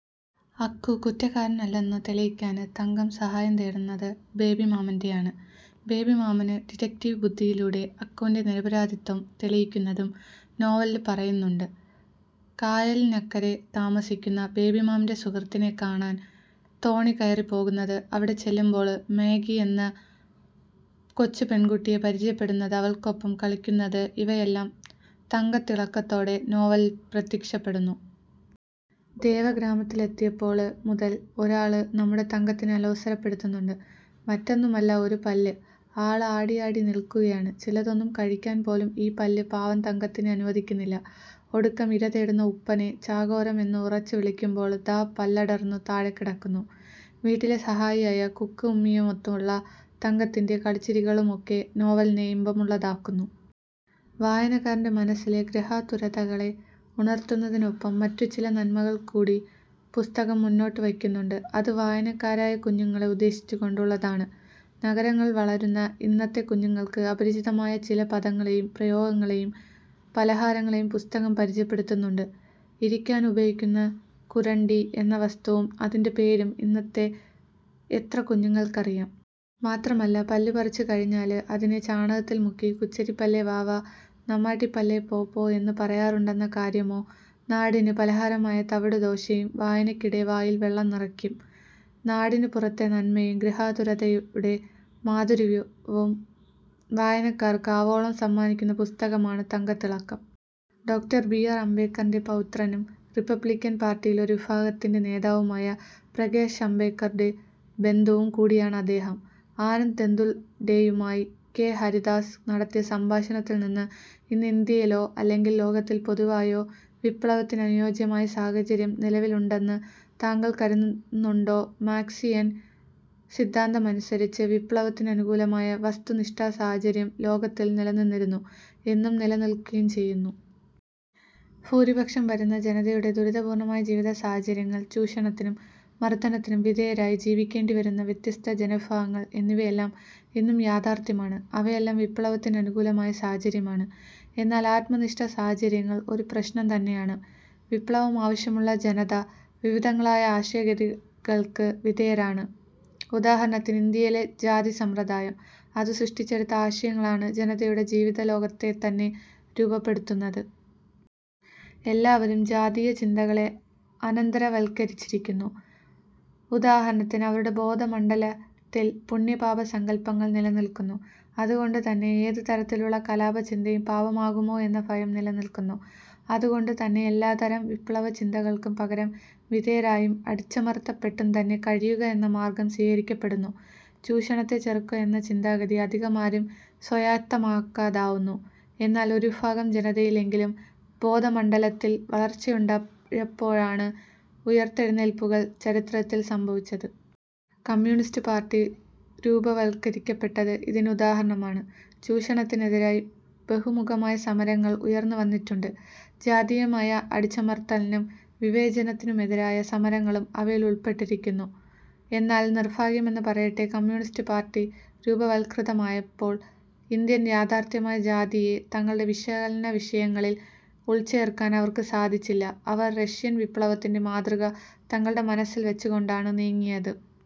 അക്കു കുറ്റക്കാരനല്ലെന്നു തെളിയിക്കാന് തങ്കം സഹായം തേടുന്നത് ബേബിമാമന്റെയാണ്. ബേബിമാമന് ഡിറ്റക്ടീവ് ബുദ്ധിയിലൂടെ അക്കുവിന്റെ നിരപരാധിത്വം തെളിയിക്കുന്നതും നോവലില് പറയുന്നുണ്ട്. കായലിനക്കരെ താമസിക്കുന്ന ബേബിമാമന്റെ സുഹൃത്തിനെ കാണാന് തോണി കയറിപ്പോകുന്നത്, അവിടെ ചെല്ലുമ്പോള് മാഗി എന്ന കൊച്ചുപെണ്കുട്ടിയെ പരിചയപ്പെടുന്നത് അവള്ക്കൊപ്പം കളിക്കുന്നത് ഇവയെല്ലാം 'തങ്കത്തിളക്കത്തോടെ' നോവലില് പ്രത്യക്ഷപ്പെടുന്നു. ദേവഗ്രാമത്തിലെത്തിയപ്പോള് മുതല് ഒരാള് നമ്മുടെ തങ്കത്തിനെ അലോസരപ്പെടുത്തുന്നുണ്ട്. മറ്റൊന്നുമല്ല ഒരു പല്ല്. ആള് ആടിയാടി നില്ക്കുകയാണ്. ചിലതൊന്നും കഴിക്കാന് പോലും ഈ പല്ല് പാവം തങ്കത്തിനെ അനുവദിക്കുന്നില്ല. ഒടുക്കം ഇര തേടുന്ന ഉപ്പനെ ചാകോരം എന്ന് ഉറച്ചു വിളിക്കുമ്പോള് ദാ പല്ലടര്ന്നു താഴെക്കിടക്കുന്നു. വീട്ടിലെ സഹായിയായ കുക്കുമ്മിയുമൊത്തുള്ള തങ്കത്തിന്റെ കളിചിരികളുമൊക്കെ നോവലിനെ ഇമ്പമുള്ളതാക്കുന്നു. വായനക്കാരന്റെ മനസ്സിലെ ഗൃഹാതുരതകളെ ഉണര്ത്തുന്നതിനൊപ്പം മറ്റുചില നന്മകള് കൂടി പുസ്തകം മുന്നോട്ടു വയ്ക്കുന്നുണ്ട്. അത് വായനക്കാരായ കുഞ്ഞുങ്ങളെ ഉദ്ദേശിച്ചു കൊണ്ടുള്ളതാണ്. നഗരങ്ങൾ വളരുന്ന ഇന്നത്തെ കുഞ്ഞുങ്ങള്ക്ക് അപരിചിതമായ ചില പദങ്ങളെയും പ്രയോഗങ്ങളെയും പലഹാരങ്ങളെയും പുസ്തകം പരിചയപ്പെടുത്തുന്നുണ്ട്. ഇരിക്കാനുപയോഗിക്കുന്ന കുരണ്ടി എന്ന വസ്തുവും അതിന്റെ പേരും ഇന്നത്തെ എത്ര കുഞ്ഞുങ്ങള്ക്കറിയാം. മാത്രമല്ല പല്ലു പറിച്ചു കഴിഞ്ഞാല് അതിനെ ചാണകത്തില് മുക്കി കുച്ചരിപ്പല്ലേ വാ വാ നമ്മാട്ടിപ്പല്ലേ പോ പോ എന്നു പറയാറുണ്ടെന്ന കാര്യമോ. നാടിന് പലഹാരമായ തവിടുദോശയും വായനയ്ക്കിടെ വായില് വെള്ളം നിറയ്ക്കും. നാടിന് പുറത്തെ നന്മയും ഗൃഹാതുരതയുടെ മാധുര്യവും വായനക്കാര്ക്ക് ആവോളം സമ്മാനിക്കുന്ന പുസ്തകമാണ് 'തങ്കത്തിളക്കം'. ഡോ. ബി. ആർ. അംബേദ്കറിന്റെ പൗത്രനും റിപ്പബ്ളിക്കൻ പാർട്ടിയിൽ ഒരു വിഭാഗത്തിന്റെ നേതാവുമായ പ്രകാശ് അംബേദ്കറിന്റെ ബന്ധുവും കൂടിയാണ് അദ്ദേഹം. ആനന്ദ് തെന്തുൾടെയുമായി കെ. ഹരിദാസ് നടത്തിയ സംഭാഷണത്തിൽനിന്ന്:ഇന്ന് ഇന്ത്യയിലോ അല്ലെങ്കിൽ ലോകത്തിൽ പൊതുവായോ വിപ്ളവത്തിന് അനുയോജ്യമായ സാഹചര്യം നിലവിലുണ്ടെന്ന് താങ്കൾ കരുന്നുണ്ടോ മാർക്സിയൻ സിദ്ധാന്തമനുസരിച്ച് വിപ്ളവത്തിനനുകൂലമായ വസ്തുനിഷ്ഠസാഹചര്യം ലോകത്തിൽ നിലനിന്നിരുന്നു, എന്നും നിലനിൽക്കയും ചെയ്യുന്നു. ഭൂരിപക്ഷം വരുന്ന ജനതയുടെ ദുരിതപൂർണമായ ജീവിതസാഹചര്യങ്ങൾ, ചൂഷണത്തിനും മർദനത്തിനും വിധേയരായി ജീവിക്കേണ്ടിവരുന്ന വ്യത്യസ്ത ജനവിഭാഗങ്ങൾ എന്നിവയെല്ലാം ഇന്നും യാഥാർഥ്യമാണ്. അവയെല്ലാം വിപ്ളവത്തിനനുകൂലമായ സാഹചര്യമാണ്. എന്നാൽ, ആത്മനിഷ്ഠസാഹചര്യങ്ങൾ ഒരു പ്രശ്നം തന്നെയാണ്. വിപ്ളവമാവശ്യമുള്ള ജനത വിവിധങ്ങളായ ആശയഗതികൾക്ക് വിധേയരാണ്. ഉദാഹരണത്തിന് ഇന്ത്യയിലെ ജാതിസമ്പ്രദായം. അതു സൃഷ്ടിച്ചെടുത്ത ആശയങ്ങളാണ് ജനതയുടെ ജീവിതലോകത്തെതന്നെ രൂപപ്പെടുത്തുന്നത്. എല്ലാവരും ജാതീയചിന്തകളെ അനന്തരവത്കരിച്ചിരിക്കുന്നു. ഉദാഹരണത്തിന് അവരുടെ ബോധമണ്ഡലത്തിൽ പുണ്യപാപസങ്കല്പങ്ങൾ നിലനിൽക്കുന്നു. അതുകൊണ്ടുതന്നെ ഏതുതരത്തിലുള്ള കലാപചിന്തയും പാപമാകുമോ എന്ന ഭയം നിലനിൽക്കുന്നു. അതുകൊണ്ടുതന്നെ എല്ലാത്തരം വിപ്ളവചിന്തകൾക്കും പകരം വിധേയരായും അടിച്ചമർത്തപ്പെട്ടുംതന്നെ കഴിയുക എന്ന മാർഗം സ്വീകരിക്കപ്പെടുന്നു. ചൂഷണത്തെ ചെറുക്ക എന്ന ചിന്താഗതി അധികമാരും സ്വായത്തമാക്കാതാവുന്നു. എന്നാൽ, ഒരു ഭാഗം ജനതയിലെങ്കിലും ബോധമണ്ഡലത്തിൽ വളർച്ചയുണ്ടാഴപ്പോഴാണ് ഉയിർത്തെഴുന്നേൽപ്പുകൾ ചരിത്രത്തിൽ സംഭവിച്ചത്. കമ്യൂണിസ്റ്റ് പാർട്ടി രൂപവത്കരിക്കപ്പെട്ടത് ഇതിന് ഉദാഹരണമാണ്. ചൂഷണത്തിനെതിരായി ബഹുമുഖമായ സമരങ്ങൾ ഉയർന്നുവന്നിട്ടുണ്ട്. ജാതീയമായ അടിച്ചമർത്തലിനും വിവേചനത്തിനുമെതിരായ സമരങ്ങളും അവയിൽ ഉൾപ്പെട്ടിരിക്കുന്നു. എന്നാൽ, നിർഭാഗ്യമെന്നു പറയട്ടെ കമ്യൂണിസ്റ്റ് പാർട്ടി രൂപവത്കൃതമായപ്പോൾ ഇന്ത്യൻ യാഥാർഥ്യമായ ജാതിയെ തങ്ങളുടെ വിശകലനവിഷയങ്ങളിൽ ഉൾച്ചേർക്കാൻ അവർക്ക് സാധിച്ചില്ല. അവർ റഷ്യൻ വിപ്ളവത്തിന്റെ മാതൃക തങ്ങളുടെ മനസ്സിൽവെച്ചുകൊണ്ടാണ് നീങ്ങിയത്.